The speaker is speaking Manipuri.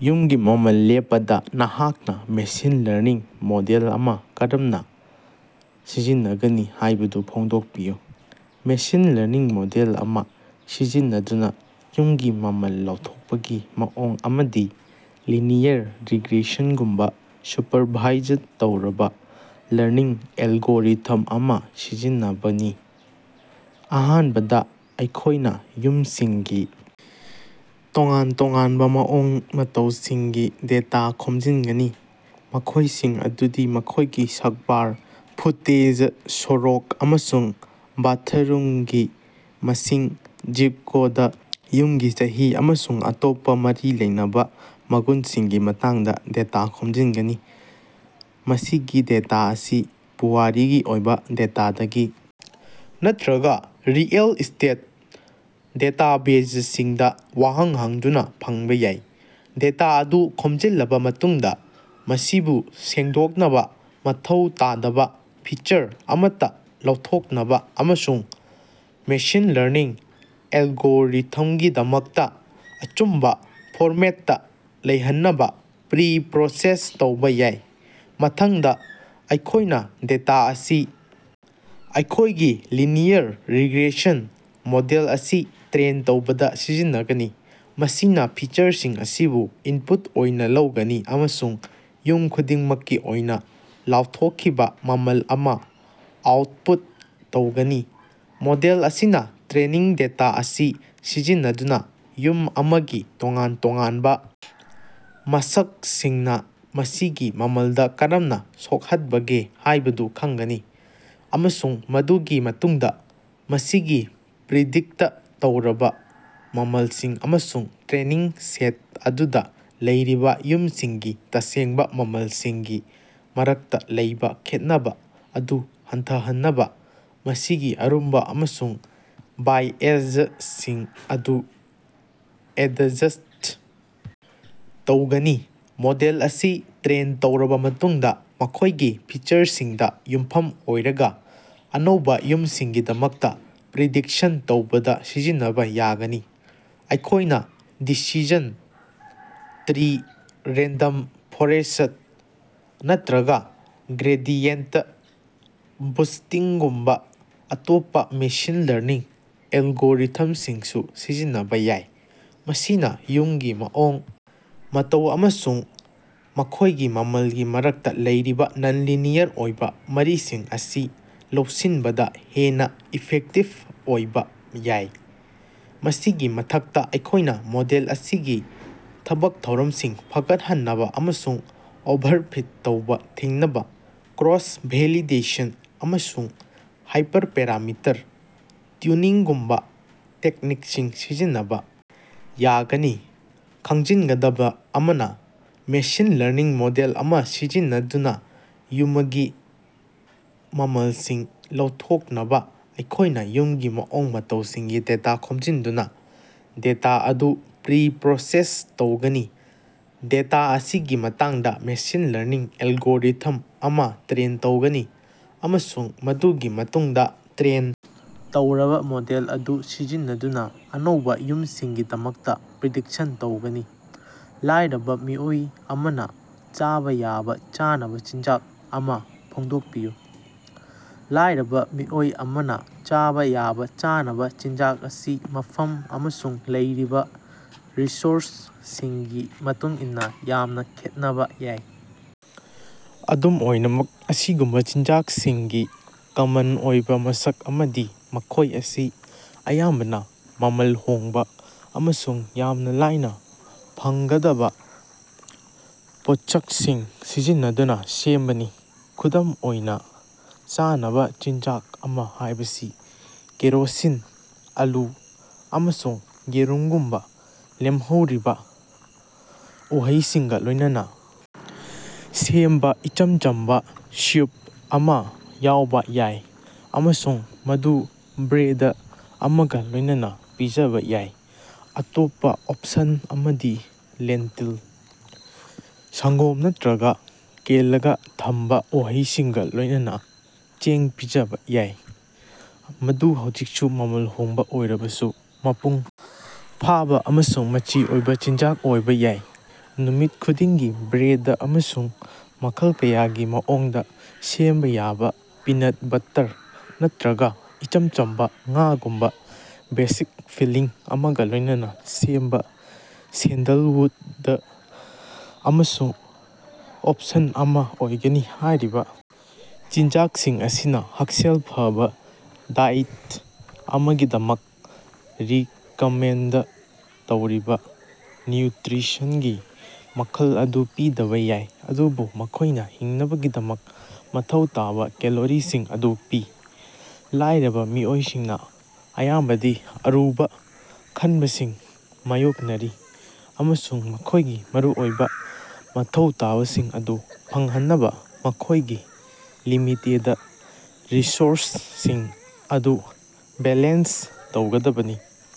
ꯌꯨꯝꯒꯤ ꯃꯃꯜ ꯂꯦꯞꯄꯗ ꯅꯍꯥꯛꯅ ꯃꯦꯁꯤꯟ ꯂꯔꯅꯤꯡ ꯃꯣꯗꯦꯜ ꯑꯃ ꯀꯔꯝꯅ ꯁꯤꯖꯤꯟꯅꯒꯅꯤ ꯍꯥꯏꯕꯗꯨ ꯐꯣꯡꯗꯣꯛꯄꯤꯌꯨ꯫ ꯃꯦꯁꯤꯟ ꯂꯔꯅꯤꯡ ꯃꯣꯗꯦꯜ ꯑꯃ ꯁꯤꯖꯤꯟꯅꯗꯨꯅ ꯌꯨꯝꯒꯤ ꯃꯃꯜ ꯂꯥꯎꯊꯣꯛꯄꯒꯤ ꯃꯑꯣꯡ ꯑꯃꯗꯤ ꯂꯤꯅꯤꯌꯔ ꯔꯤꯒ꯭ꯔꯦꯁꯟꯒꯨꯝꯕ ꯁꯨꯄꯔꯚꯥꯏꯖ ꯇꯧꯔꯕ ꯂꯔꯅꯤꯡ ꯑꯦꯜꯒꯣꯔꯤꯊꯝ ꯑꯃ ꯁꯤꯖꯤꯟꯅꯕꯅꯤ꯫ ꯑꯍꯥꯟꯕꯗ ꯑꯩꯈꯣꯏꯅ ꯌꯨꯝꯁꯤꯡꯒꯤ ꯇꯣꯉꯥꯟ ꯇꯣꯉꯥꯟꯕ ꯃꯑꯣꯡ ꯃꯇꯧꯁꯤꯡꯒꯤ ꯗꯦꯇꯥ ꯈꯣꯝꯖꯤꯟꯒꯅꯤ, ꯃꯈꯣꯏꯁꯤꯡ ꯑꯗꯨꯗꯤ ꯃꯈꯣꯏꯒꯤ ꯁꯛꯕꯥꯔ ꯐꯨꯇꯦꯖ, ꯁꯣꯔꯣꯛ ꯑꯃꯁꯨꯡ ꯕꯥꯊꯔꯨꯝꯒꯤ ꯃꯁꯤꯡ, ꯖꯤꯞ ꯀꯣꯗ, ꯌꯨꯝꯒꯤ ꯆꯍꯤ, ꯑꯃꯁꯨꯡ ꯑꯇꯣꯞꯄ ꯃꯔꯤ ꯂꯩꯅꯕ ꯃꯒꯨꯟꯁꯤꯡꯒꯤ ꯃꯇꯥꯡꯗ ꯗꯦꯇꯥ ꯈꯣꯝꯖꯤꯟꯒꯅꯤ꯫ ꯃꯁꯤꯒꯤ ꯗꯦꯇꯥ ꯑꯁꯤ ꯄꯨꯋꯥꯔꯤꯒꯤ ꯑꯣꯏꯕ ꯗꯦꯇꯥꯗꯒꯤ ꯅꯠꯇ꯭ꯔꯒ ꯔꯤꯑꯦꯜ ꯏꯁ꯭ꯇꯦꯠ ꯗꯦꯇꯥꯕꯦꯖꯁꯤꯡꯗ ꯋꯥꯍꯪ ꯍꯪꯗꯨꯅ ꯐꯪꯕ ꯌꯥꯏ꯫ ꯗꯦꯇꯥ ꯑꯗꯨ ꯈꯣꯝꯖꯤꯜꯂꯕ ꯃꯇꯨꯡꯗ, ꯃꯁꯤꯕꯨ ꯁꯦꯡꯗꯣꯛꯅꯕ, ꯃꯊꯧ ꯇꯥꯗꯕ ꯐꯤꯆꯔ ꯑꯃꯠꯇ ꯂꯧꯊꯣꯛꯅꯕ ꯑꯃꯁꯨꯡ ꯃꯦꯁꯤꯟ ꯂꯔꯅꯤꯡ ꯑꯦꯜꯒꯣꯔꯤꯊꯝꯒꯤꯗꯃꯛꯇ ꯑꯆꯨꯝꯕ ꯐꯣꯔꯃꯦꯠꯇ ꯂꯩꯍꯟꯅꯕ ꯄ꯭ꯔꯤ-ꯄ꯭ꯔꯣꯁꯦꯁ ꯇꯧꯕ ꯌꯥꯏ꯫ ꯃꯊꯪꯗ, ꯑꯩꯈꯣꯏꯅ ꯗꯦꯇꯥ ꯑꯁꯤ ꯑꯩꯈꯣꯏꯒꯤ ꯂꯤꯅꯤꯌꯔ ꯔꯤꯒ꯭ꯔꯦꯁꯟ ꯃꯣꯗꯦꯜ ꯑꯁꯤ ꯇ꯭ꯔꯦꯟ ꯇꯧꯕꯗ ꯁꯤꯖꯤꯟꯅꯒꯅꯤ, ꯃꯁꯤꯅ ꯐꯤꯆꯔꯁꯤꯡ ꯑꯁꯤꯕꯨ ꯏꯟꯄꯨꯠ ꯑꯣꯏꯅ ꯂꯧꯒꯅꯤ ꯑꯃꯁꯨꯡ ꯌꯨꯝ ꯈꯨꯗꯤꯡꯃꯛꯀꯤ ꯑꯣꯏꯅ ꯂꯥꯎꯊꯣꯛꯈꯤꯕ ꯃꯃꯜ ꯑꯃ ꯑꯥꯎꯠꯄꯨꯠ ꯇꯧꯒꯅꯤ꯫ ꯃꯣꯗꯦꯜ ꯑꯁꯤꯅ ꯇ꯭ꯔꯦꯅꯤꯡ ꯗꯦꯇꯥ ꯑꯁꯤ ꯁꯤꯖꯤꯟꯅꯗꯨꯅ ꯌꯨꯝ ꯑꯃꯒꯤ ꯇꯣꯉꯥꯟ ꯇꯣꯉꯥꯟꯕ ꯃꯁꯛꯁꯤꯡꯅ ꯃꯁꯤꯒꯤ ꯃꯃꯜꯗ ꯀꯔꯝꯅ ꯁꯣꯛꯍꯠꯕꯒꯦ ꯍꯥꯏꯕꯗꯨ ꯈꯪꯒꯅꯤ, ꯑꯃꯁꯨꯡ ꯃꯗꯨꯒꯤ ꯃꯇꯨꯡꯗ ꯃꯁꯤꯒꯤ ꯄ꯭ꯔꯤꯗꯤꯛꯇ ꯇꯧꯔꯕ ꯃꯃꯜꯁꯤꯡ ꯑꯃꯁꯨꯡ ꯇ꯭ꯔꯦꯅꯤꯡ ꯁꯦꯠ ꯑꯗꯨꯗ ꯂꯩꯔꯤꯕ ꯌꯨꯝꯁꯤꯡꯒꯤ ꯇꯁꯦꯡꯕ ꯃꯃꯜꯁꯤꯡꯒꯤ ꯃꯔꯛꯇ ꯂꯩꯕ ꯈꯦꯠꯅꯕ ꯑꯗꯨ ꯍꯟꯊꯍꯟꯅꯕ ꯃꯁꯤꯒꯤ ꯑꯔꯨꯝꯕ ꯑꯃꯁꯨꯡ ꯕꯥꯏꯑꯦꯖꯁꯤꯡ ꯑꯗꯨ ꯑꯦꯗꯖꯁ꯭ꯠ ꯇꯧꯒꯅꯤ꯫ ꯃꯣꯗꯦꯜ ꯑꯁꯤ ꯇ꯭ꯔꯦꯟ ꯇꯧꯔꯕ ꯃꯇꯨꯡꯗ, ꯃꯈꯣꯏꯒꯤ ꯐꯤꯆꯔꯁꯤꯡꯗ ꯌꯨꯝꯐꯝ ꯑꯣꯏꯔꯒ, ꯑꯅꯧꯕ ꯌꯨꯝꯁꯤꯡꯒꯤꯗꯃꯛꯇ ꯄ꯭ꯔꯤꯗꯤꯛꯁꯟ ꯇꯧꯕꯗ ꯁꯤꯖꯤꯟꯅꯕ ꯌꯥꯒꯅꯤ꯫ ꯑꯩꯈꯣꯏꯅ ꯗꯤꯁꯤꯖꯟ ꯇ꯭ꯔꯤ, ꯔꯦꯟꯗꯝ ꯐꯣꯔꯦꯁꯠ, ꯅꯠꯇ꯭ꯔꯒ ꯒ꯭ꯔꯦꯗꯤꯌꯦꯟꯇ ꯕꯨꯁꯇꯤꯡꯒꯨꯝꯕ ꯑꯇꯣꯞꯄ ꯃꯦꯁꯤꯟ ꯂꯔꯅꯤꯡ ꯑꯦꯜꯒꯣꯔꯤꯊꯝꯁꯤꯡꯁꯨ ꯁꯤꯖꯤꯟꯅꯕ ꯌꯥꯏ, ꯃꯁꯤꯅ ꯌꯨꯝꯒꯤ ꯃꯑꯣꯡ ꯃꯇꯧ ꯑꯃꯁꯨꯡ ꯃꯈꯣꯏꯒꯤ ꯃꯃꯜꯒꯤ ꯃꯔꯛꯇ ꯂꯩꯔꯤꯕ ꯅꯟ-ꯂꯤꯅꯤꯌꯔ ꯑꯣꯏꯕ ꯃꯔꯤꯁꯤꯡ ꯑꯁꯤ ꯂꯧꯁꯤꯟꯕꯗ ꯍꯦꯟꯅ ꯏꯐꯦꯛꯇꯤꯚ ꯑꯣꯏꯕ ꯌꯥꯏ꯫ ꯃꯁꯤꯒꯤ ꯃꯊꯛꯇ, ꯑꯩꯈꯣꯏꯅ ꯃꯣꯗꯦꯜ ꯑꯁꯤꯒꯤ ꯊꯕꯛ ꯊꯧꯔꯝꯁꯤꯡ ꯐꯒꯠꯍꯟꯅꯕ ꯑꯃꯁꯨꯡ ꯑꯣꯚꯔꯐꯤꯠ ꯇꯧꯕ ꯊꯤꯡꯅꯕ ꯀ꯭ꯔꯣꯁ-ꯚꯦꯂꯤꯗꯦꯁꯟ ꯑꯃꯁꯨꯡ ꯍꯥꯏꯄꯔꯄꯦꯔꯥꯃꯤꯇꯔ ꯇ꯭ꯌꯨꯅꯤꯡꯒꯨꯝꯕ ꯇꯦꯛꯅꯤꯛꯁꯤꯡ ꯁꯤꯖꯤꯟꯅꯕ ꯌꯥꯒꯅꯤ꯫ ꯈꯪꯖꯤꯟꯒꯗꯕ ꯑꯃꯅ, ꯃꯦꯁꯤꯟ ꯂꯔꯅꯤꯡ ꯃꯣꯗꯦꯜ ꯑꯃ ꯁꯤꯖꯤꯟꯅꯗꯨꯅꯥꯌꯨꯃꯒꯤ ꯃꯃꯜꯁꯤꯡ ꯂꯧꯊꯣꯛꯅꯕ ꯑꯩꯈꯣꯏꯅ ꯌꯨꯝꯒꯤ ꯃꯑꯣꯡ ꯃꯇꯧꯁꯤꯡꯒꯤ ꯗꯦꯇꯥ ꯈꯣꯝꯖꯤꯟꯗꯨꯅ ꯗꯦꯇꯥ ꯑꯗꯨ ꯄ꯭ꯔꯤ-ꯄ꯭ꯔꯣꯁꯦꯁ ꯇꯧꯒꯅꯤ, ꯗꯦꯇꯥ ꯑꯁꯤꯒꯤ ꯃꯇꯥꯡꯗ ꯃꯦꯁꯤꯟ ꯂꯔꯅꯤꯡ ꯑꯦꯜꯒꯣꯔꯤꯊꯝ ꯑꯃ ꯇ꯭ꯔꯦꯟ ꯇꯧꯒꯅꯤ, ꯑꯃꯁꯨꯡ ꯃꯗꯨꯒꯤ ꯃꯇꯨꯡꯗ ꯇ꯭ꯔꯦꯟ ꯇꯧꯔꯕ ꯃꯣꯗꯦꯜ ꯑꯗꯨ ꯁꯤꯖꯤꯟꯅꯗꯨꯅ ꯑꯅꯧꯕ ꯌꯨꯝꯁꯤꯡꯒꯤꯗꯃꯛꯇ ꯄ꯭ꯔꯤꯗꯤꯛꯁꯟ ꯇꯧꯒꯅꯤ꯫ ꯂꯥꯏꯔꯕ ꯃꯤꯑꯣꯏ ꯑꯃꯅ ꯆꯥꯕ ꯌꯥꯕ ꯆꯥꯅꯕ ꯆꯤꯟꯖꯥꯛ ꯑꯃ ꯐꯣꯡꯗꯣꯛꯄꯤꯌꯨ꯫ ꯂꯥꯏꯔꯕ ꯃꯤꯑꯣꯏ ꯑꯃꯅ ꯆꯥꯕ ꯌꯥꯕ ꯆꯥꯅꯕ ꯆꯤꯟꯖꯥꯛ ꯑꯁꯤ ꯃꯐꯝ ꯑꯃꯁꯨꯡ ꯂꯩꯔꯤꯕ ꯔꯤꯁꯣꯔꯁꯁꯤꯡꯒꯤ ꯃꯇꯨꯡꯏꯟꯅ ꯌꯥꯝꯅꯥ ꯈꯦꯠꯅꯕ ꯌꯥꯏ꯫ ꯑꯗꯨꯝ ꯑꯣꯏꯅꯃꯛ, ꯑꯁꯤꯒꯨꯝꯕ ꯆꯤꯟꯖꯥꯛꯁꯤꯡꯒꯤ ꯀꯃꯟ ꯑꯣꯏꯕ ꯃꯁꯛ ꯑꯃꯗꯤ ꯃꯈꯣꯏ ꯑꯁꯤ ꯑꯌꯥꯝꯕꯅ ꯃꯃꯜ ꯍꯣꯡꯕ ꯑꯃꯁꯨꯡ ꯌꯥꯝꯅ ꯂꯥꯏꯅ ꯐꯪꯒꯗꯕ ꯄꯣꯠꯁꯛꯁꯤꯡ ꯁꯤꯖꯤꯟꯅꯗꯨꯅ ꯁꯦꯝꯕꯅꯤ꯫ ꯈꯨꯗꯝ ꯑꯣꯏꯅ, ꯆꯥꯅꯕ ꯆꯤꯟꯖꯥꯛ ꯑꯃ ꯍꯥꯏꯕꯁꯤ ꯀꯦꯔꯣꯁꯤꯟ, ꯑꯂꯨ, ꯑꯃꯁꯨꯡ ꯌꯦꯔꯨꯝꯒꯨꯝꯕ ꯂꯦꯝꯍꯧꯔꯤꯕ ꯎꯍꯩꯁꯤꯡꯒ ꯂꯣꯏꯅꯅ ꯁꯦꯝꯕ ꯏꯆꯝ ꯆꯝꯕ ꯁ꯭ꯌꯨꯞ ꯑꯃ ꯌꯥꯎꯕ ꯌꯥꯏ, ꯑꯃꯁꯨꯡ ꯃꯗꯨ ꯕ꯭ꯔꯦꯗ ꯑꯃꯒ ꯂꯣꯏꯅꯅ ꯄꯤꯖꯕ ꯌꯥꯏ꯫ ꯑꯇꯣꯞꯄ ꯑꯣꯞꯁꯟ ꯑꯃꯗꯤ ꯂꯦꯟꯇꯤꯜ, ꯁꯪꯒꯣꯝ ꯅꯠꯇ꯭ꯔꯒ ꯀꯦꯜꯂꯒ ꯊꯝꯕ ꯎꯍꯩꯁꯤꯡꯒ ꯂꯣꯏꯅꯅ ꯆꯦꯡ ꯄꯤꯖꯕ ꯌꯥꯏ, ꯃꯗꯨ ꯍꯧꯖꯤꯛꯁꯨ ꯃꯃꯜ ꯍꯣꯡꯕ ꯑꯣꯏꯔꯕꯁꯨ ꯃꯄꯨꯡ ꯐꯥꯕ ꯑꯃꯁꯨꯡ ꯃꯆꯤ ꯑꯣꯏꯕ ꯆꯤꯟꯖꯥꯛ ꯑꯣꯏꯕ ꯌꯥꯏ꯫ ꯅꯨꯃꯤꯠ ꯈꯨꯗꯤꯡꯒꯤ ꯕ꯭ꯔꯦꯗ ꯑꯃꯁꯨꯡ ꯃꯈꯜ ꯀꯌꯥꯒꯤ ꯃꯑꯣꯡꯗ ꯁꯦꯝꯕ ꯌꯥꯕ ꯄꯤꯅꯠ ꯕꯠꯇꯔ ꯅꯠꯇ꯭ꯔꯒ ꯏꯆꯝ ꯆꯝꯕ ꯉꯥꯒꯨꯝꯕ ꯕꯦꯁꯤꯛ ꯐꯤꯜꯂꯤꯡ ꯑꯃꯒ ꯂꯣꯏꯅꯅ ꯁꯦꯝꯕ ꯁꯦꯟꯗꯜꯋꯨꯗ ꯑꯃꯁꯨ ꯑꯣꯄꯁꯟ ꯑꯃ ꯑꯣꯏꯒꯅꯤ꯫ ꯍꯥꯏꯔꯤꯕ ꯆꯤꯟꯖꯥꯛꯁꯤꯡ ꯑꯁꯤꯅ ꯍꯛꯁꯦꯜ ꯐꯕ ꯗꯥꯏꯠ ꯑꯃꯒꯤꯗꯃꯛ ꯔꯤꯀꯃꯦꯟꯗ ꯇꯧꯔꯤꯕ ꯅ꯭ꯌꯨꯇ꯭ꯔꯤꯁꯟꯒꯤ ꯃꯈꯜ ꯑꯗꯨ ꯄꯤꯗꯕ ꯌꯥꯏ, ꯑꯗꯨꯕꯨ ꯃꯈꯣꯏꯅ ꯍꯤꯡꯅꯕꯒꯤꯗꯃꯛ ꯃꯊꯧ ꯇꯥꯕ ꯀꯦꯂꯣꯔꯤꯁꯤꯡ ꯑꯗꯨ ꯄꯤ꯫ ꯂꯥꯏꯔꯕ ꯃꯤꯑꯣꯏꯁꯤꯡꯅ ꯑꯌꯥꯝꯕꯗꯤ ꯑꯔꯨꯕ ꯈꯟꯕꯁꯤꯡ ꯃꯥꯌꯣꯛꯅꯔꯤ ꯑꯃꯁꯨꯡ ꯃꯈꯣꯏꯒꯤ ꯃꯔꯨꯑꯣꯏꯕ ꯃꯊꯧ ꯇꯥꯕꯁꯤꯡ ꯑꯗꯨ ꯐꯪꯍꯟꯅꯕ ꯃꯈꯣꯏꯒꯤ ꯂꯤꯃꯤꯇꯦꯗ ꯔꯤꯁꯣꯔꯁꯁꯤꯡ ꯑꯗꯨ ꯕꯦꯂꯦꯟꯁ ꯇꯧꯒꯗꯕꯅꯤ꯫